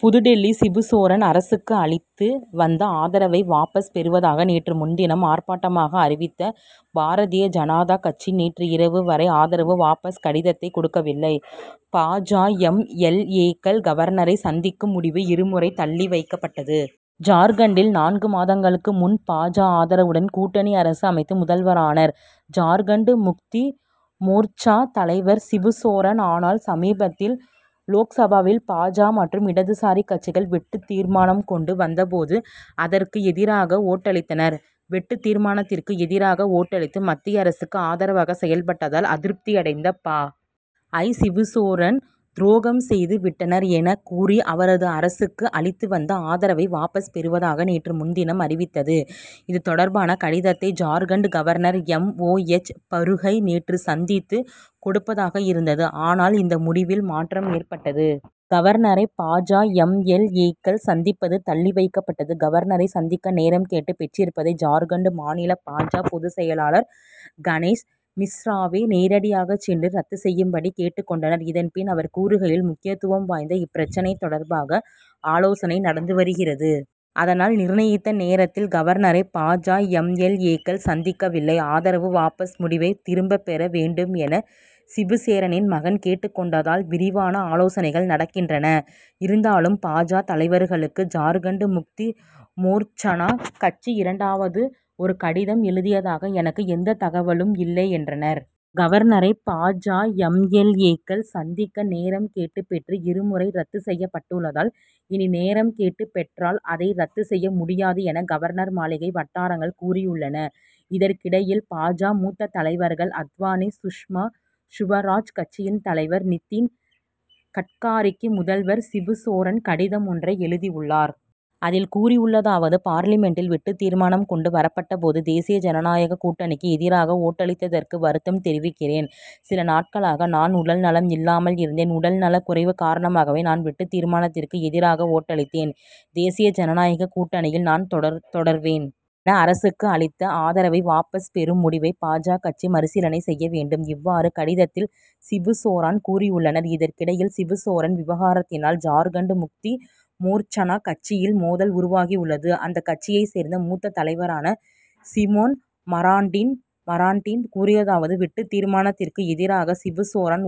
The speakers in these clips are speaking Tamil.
புதுடில்லி சிபுசோரன் அரசுக்கு அளித்து வந்த ஆதரவை வாபஸ் பெறுவதாக நேற்று முன்தினம் ஆர்ப்பாட்டமாக அறிவித்த பாரதிய ஜனதா கட்சி நேற்றிரவு வரை ஆதரவு வாபஸ் கடிதத்தை கொடுக்கவில்லை. பா. ஜ. எம். எல். ஏ.க்கள் கவர்னரை சந்திக்கும் முடிவு இரு முறை தள்ளி வைக்கப்பட்டது. ஜார்க்கண்டில் நான்கு மாதங்களுக்கு முன் பா. ஜ. ஆதரவுடன் கூட்டணி அரசு அமைத்து முதல்வரானார் ஜார்க்கண்ட் முக்தி மோர்ச்சா தலைவர் சிபுசோரன். ஆனால் சமீபத்தில் லோக்சபாவில் பா. ஜ. மற்றும் இடதுசாரி கட்சிகள் வெட்டுத் தீர்மானம் கொண்டு வந்த போது அதற்கு எதிராக ஓட்டளித்தார். வெட்டுத் தீர்மானத்திற்கு எதிராக ஓட்டளித்து மத்திய அரசுக்கு ஆதரவாக செயல்பட்டதால் அதிருப்தி அடைந்த பா. ஜ. சிபுசோரன் துரோகம் செய்து விட்டார் எனக் கூறி அவரது அரசுக்கு அளித்து வந்த ஆதரவை வாபஸ் பெறுவதாக நேற்று முன்தினம் அறிவித்தது. இது தொடர்பான கடிதத்தை Jharkhand governor M. O. H. பரூக்கை நேற்று சந்தித்து கொடுப்பதாக இருந்தது. ஆனால் இந்த முடிவில் மாற்றம் ஏற்பட்டது. கவர்னரை பா. ஜ. எம். எல். ஏ.க்கள் சந்திப்பது தள்ளி வைக்கப்பட்டது. கவர்னரை சந்திக்க நேரம் கேட்டுப் பெற்றிருந்ததை ஜார்க்கண்ட் மாநில பா. ஜ. பொதுச் செயலர் கணேஷ் மிஸ்ராவே நேரடியாக சென்று ரத்து செய்யும்படி கேட்டுக் கொண்டார். இதன்பின் அவர் கூறுகையில் முக்கியத்துவம் வாய்ந்த இப்பிரச்னை தொடர்பாக ஆலோசனை நடந்து வருகிறது. அதனால் நிர்ணயித்த நேரத்தில் கவர்னரை பா. ஜ. எம். எல். ஏ.க்கள் சந்திக்கவில்லை. ஆதரவு வாபஸ் முடிவை திரும்பப் பெற வேண்டும் என சிபுசோரனின் மகன் கேட்டுக் கொண்டுள்ளதால் விரிவான ஆலோசனைகள் நடக்கின்றன. இருந்தாலும் பா. ஜ. தலைவர்களுக்கு ஜார்க்கண்ட் முக்தி மோர்ச்சா கட்சி இரண்டாவது ஒரு கடிதம் எழுதியதாக எனக்கு எந்தத் தகவலும் இல்லை என்றார். கவர்னரை பா. ஜ. எம். எல். ஏ.க்கள் சந்திக்க நேரம் கேட்டு பெற்று இரு முறை ரத்து செய்யப்பட்டுள்ளதால் இனி நேரம் கேட்டு பெற்றால் அதை ரத்து செய்ய முடியாது என கவர்னர் மாளிகை வட்டாரங்கள் கூறியுள்ளன. இதற்கிடையில் பா. ஜ. மூத்த தலைவர்கள் அத்வானி சுஷ்மா சுவராஜ் கட்சியின் தலைவர் நிதின் கட்காரிக்கு முதல்வர் சிபுசோரன் கடிதம் ஒன்றை எழுதியுள்ளார். அதில் கூறியுள்ளதாவது பார்லிமென்டில் வெட்டுத் தீர்மானம் கொண்டு வரப்பட்ட போது தேசிய ஜனநாயக கூட்டணிக்கு எதிராக ஓட்டளித்ததற்காக வருத்தம் தெரிவிக்கிறேன். சில நாட்களாக நான் உடல் நலம் இல்லாமல் இருந்தேன். உடல் நலக்குறைவு காரணமாகவே நான் வெட்டுத் தீர்மானத்திற்கு எதிராக ஓட்டளித்தேன். தேசிய ஜனநாயக கூட்டணியில் நான் தொடர்வேன். எனது அரசுக்கு அளித்த ஆதரவை வாபஸ் பெறும் முடிவை பா. ஜ. கட்சி மறுபரிசீலனை செய்ய வேண்டும். இவ்வாறு கடிதத்தில் சிபுசோரன் கூறியுள்ளார். இதற்கிடையில் சிபுசோரன் விவகாரத்தினால் ஜார்க்கண்ட் முக்தி மோர்ச்சா கட்சியில் மோதல் உருவாகியுள்ளது. அந்தக் கட்சியைச் சேர்ந்த மூத்த தலைவரான சிமோன் மராண்டி கூறியதாவது வெட்டுத் தீர்மானத்திற்கு எதிராக சிபுசோரன்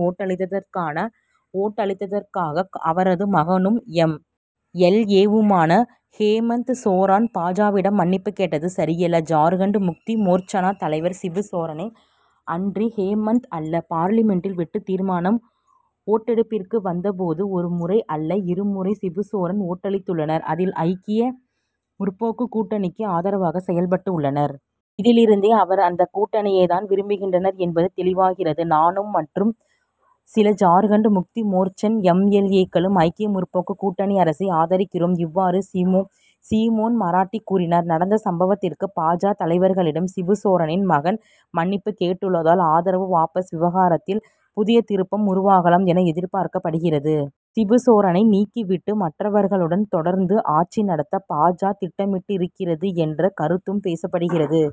ஓட்டளித்ததற்காக அவரது மகனும் எம். எல். ஏ.வுமான ஹேமந்த் சோரன் பா. ஜ.விடம் மன்னிப்புக் கேட்டது சரியல்ல. ஜார்க்கண்ட் முக்தி மோர்ச்சா தலைவர் சிபுசோரனே அன்றி ஹேமந்த் அல்ல. பார்லிமென்டில் வெட்டுத் தீர்மானம் ஓட்டெடுப்பிற்கு வந்த போது ஒரு முறை அல்ல இரு முறை சிபுசோரன் ஓட்டளித்துள்ளார். அதில் ஐக்கிய முற்போக்கு கூட்டணிக்கு ஆதரவாக செயல்பட்டுள்ளார். இதிலிருந்தே அவர் அந்தக் கூட்டணியைத்தான் விரும்புகிறார் என்பது தெளிவாகிறது. நானும் மற்றும் சில ஜார்க்கண்ட் முக்தி மோர்ச்சா எம். எல். ஏ.க்களும் ஐக்கிய முற்போக்கு கூட்டணி அரசை ஆதரிக்கிறோம். இவ்வாறு சிமோன் மராண்டி கூறினார். நடந்த சம்பவத்திற்கு பா. ஜ. தலைவர்களிடம் சிபுசோரனின் மகன் மன்னிப்புக் கேட்டுள்ளதால் ஆதரவு வாபஸ் விவகாரத்தில் புதிய திருப்பம் உருவாகலாம் என எதிர்பார்க்கப்படுகிறது. சிபு சோரனை நீக்கி விட்டு மற்றவர்களுடன் தொடர்ந்து ஆட்சி நடத்த பா. ஜ. திட்டமிட்டிருக்கிறது என்ற கருத்தும் பேசப்படுகிறது.